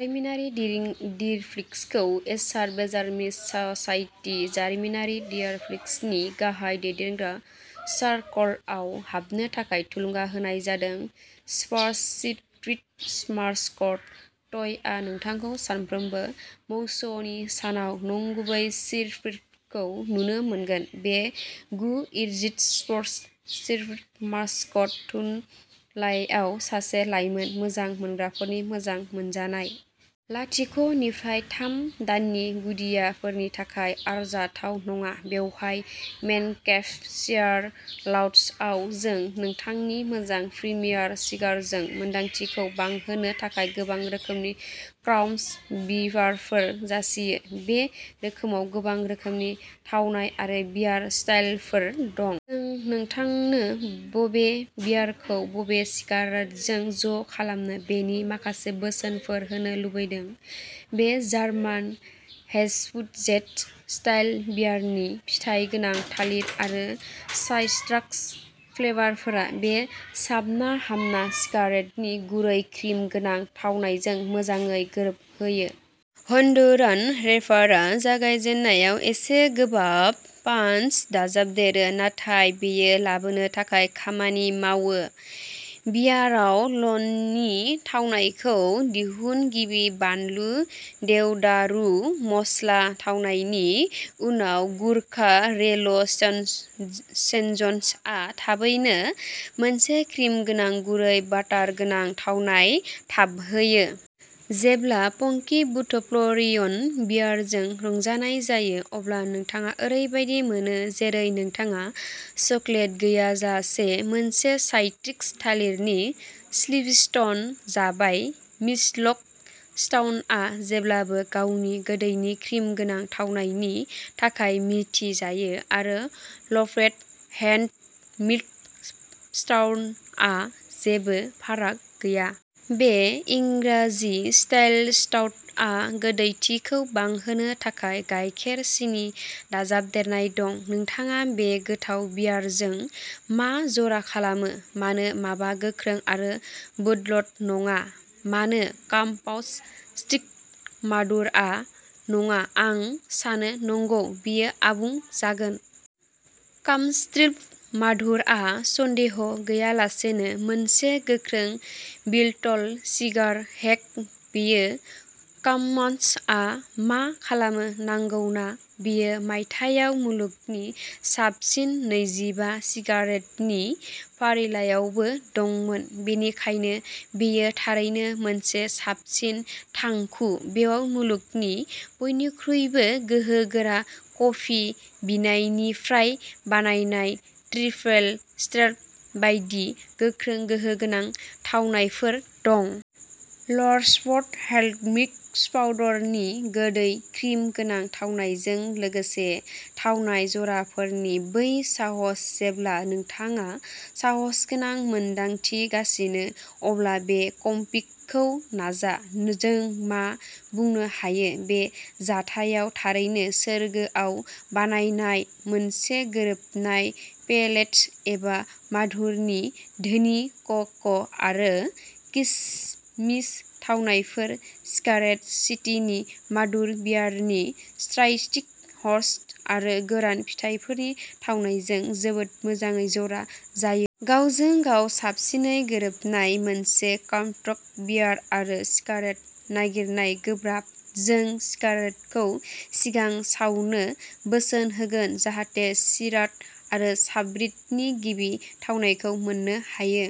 जारिमिनारि डियरफिल्डखौ एशार Benjamin society, जारिमिनारि डियरफिल्डनि गाहाय दैदेनग्रा सार्कलआव हाबनो थाखाय थुलुंगा होनाय जादों। स्पार्स चिर्पि मास्कट टयआ नोंथांखौ सानफ्रोमबो मैचनि सानाव नंगुबै चिर्पिखौ नुनो मोना। बे गु इन्चि स्पार्स चिर्पि मास्कट फुथुलाया सासे लाइमोन मोजां मोनग्राफोरनि मोजां मोनजानाय। लाथिक' निफ्राय थाम दाननि खुदियाफोरनि थाखाय आरजाथाव नङा। बेवहाय मेनकेभ सिगार लाउन्जआव जों नोंथांनि मोजां प्रिमियाम सिगारजों मोन्दांथिखौ बांहोनो थाखाय गोबां रोखोमनि क्राफ्ट बियारफोर जासियो। बे रोखोमाव गोबां रोखोमनि थावनाय आरो बियार स्टाइलफोर दं। जों नोंथांनो बबे बियारखौ बबे सिगारजों ज' खालामनो बेनि माखासे बोसोनफोर होनो लुबैदों। बे जार्मान हेफुइजेन स्टाइल बियारनि फिथाइ गोनां थालिर आरो साइट्रास फ्लेभारफोरा बे साबना हामना सिगारनि गुरै क्रिम गोनां थावनायजों मोजाङै गोरोबहोयो। हन्डुरान रेपारआ जागायजेननायाव एसे गोबाब पाञ्च दाजाबदेरो, नाथाय बेयो लाबोनो थाखाय खामानि मावो। बियाराव लननि थावनायखौ दिहुन। गिबि बानलु देवदारु मस्ला थावनायनि उनाव गुर्खा रयेल चेस चेलेन्जआ थाबैनो मोनसे क्रिमगोनां, गुरै, बाटर गोनां थावनायाव थाबहैयो। जेब्ला फंकी बुद्ध फ्ल'रिडियन बियारजों रंजानाय जायो, अब्ला नोंथाङा ओरैबायदि मोनो जेरै नोंथाङा चकलेट गैयालासे मोनसे साइट्रसि थालिरनि स्प्लिट जाबाय। मिल्क स्टाउटआ जेब्लाबो गावनि गोदै क्रिमगोनां थावनायनि थाखाय मिथिजायो आरो लेफ्ट हेन्ड मिल्क स्टाउटआ जेबो फाराग गैया। बे इंराजि स्टाइल स्टाउटआव गोदैथिखौ बांहोनो थाखाय गाइखेर सिनि दाजाबदेरनाय दं। नोंथाङा बे गोथाव बियारजों मा जरा खालामो? मानो माबा गोख्रों आरो बोल्द नङा? मानो कामाच'ट्रिपल मादुर'आ नङा? आं सानो, नंगौ बेयो आबुं जागोन। कामाच'ट्रिपल मादुर'आ सन्देह गैयालासेनो मोनसे गोख्रों बोल्द सिगार। हेक बेयो। कामाच'आ मा खालामो, नंगौना? बेयो मायथाइयाव मुलुगनि साबसिन नैजिबा सिगारनि फारिलाइआवबो दंमोन, बेनिखायनो बेयो थारैनो मोनसे साबसिन थांखु। बेयाव मुलुगनि बयनिख्रुइबो गोहोगोरा कफि बिननिफ्राय बानायनाय ट्रिपल एस्प्रेस' बायदि गोख्रों गोहोगोनां थावनायफोर दं। लेफ्ट हेन्ड मिल्क स्टाउटनि गोदै, क्रिम गोनां थावनायजों लोगोसे थावनाय जराफोरनि बै साहस। जेब्ला नोंथाङा साहसगोनां मोनदांगासिनो, अब्ला बे कम्बोखौ नाजा। जों मा बुंनो हायो? बे जथायनाया थारैनो सोरगोआव बानायनाय मोनसे गोरोबनाय। पेटेल एज मादुर'नि धोनि क'क' आरो किसमिस थावनायफोर सिगार सिटीनि मादुर बियारनि साइट्रसि हप्स आरो गोरान फिथाइफोरनि थावनायजों जोबोद मोजाङै जरा जायो। गावजों गाव साबसिनै गोरोबनाय मोनसे क्राफ्ट बियार आरो सिगार नागिरनाया गोब्राब। जों सिगारखौ सिगां सावनो बोसोन होगोन जाहाथे सिडार आरो सामब्रानि गिबि थावनायखौ मोननो हायो।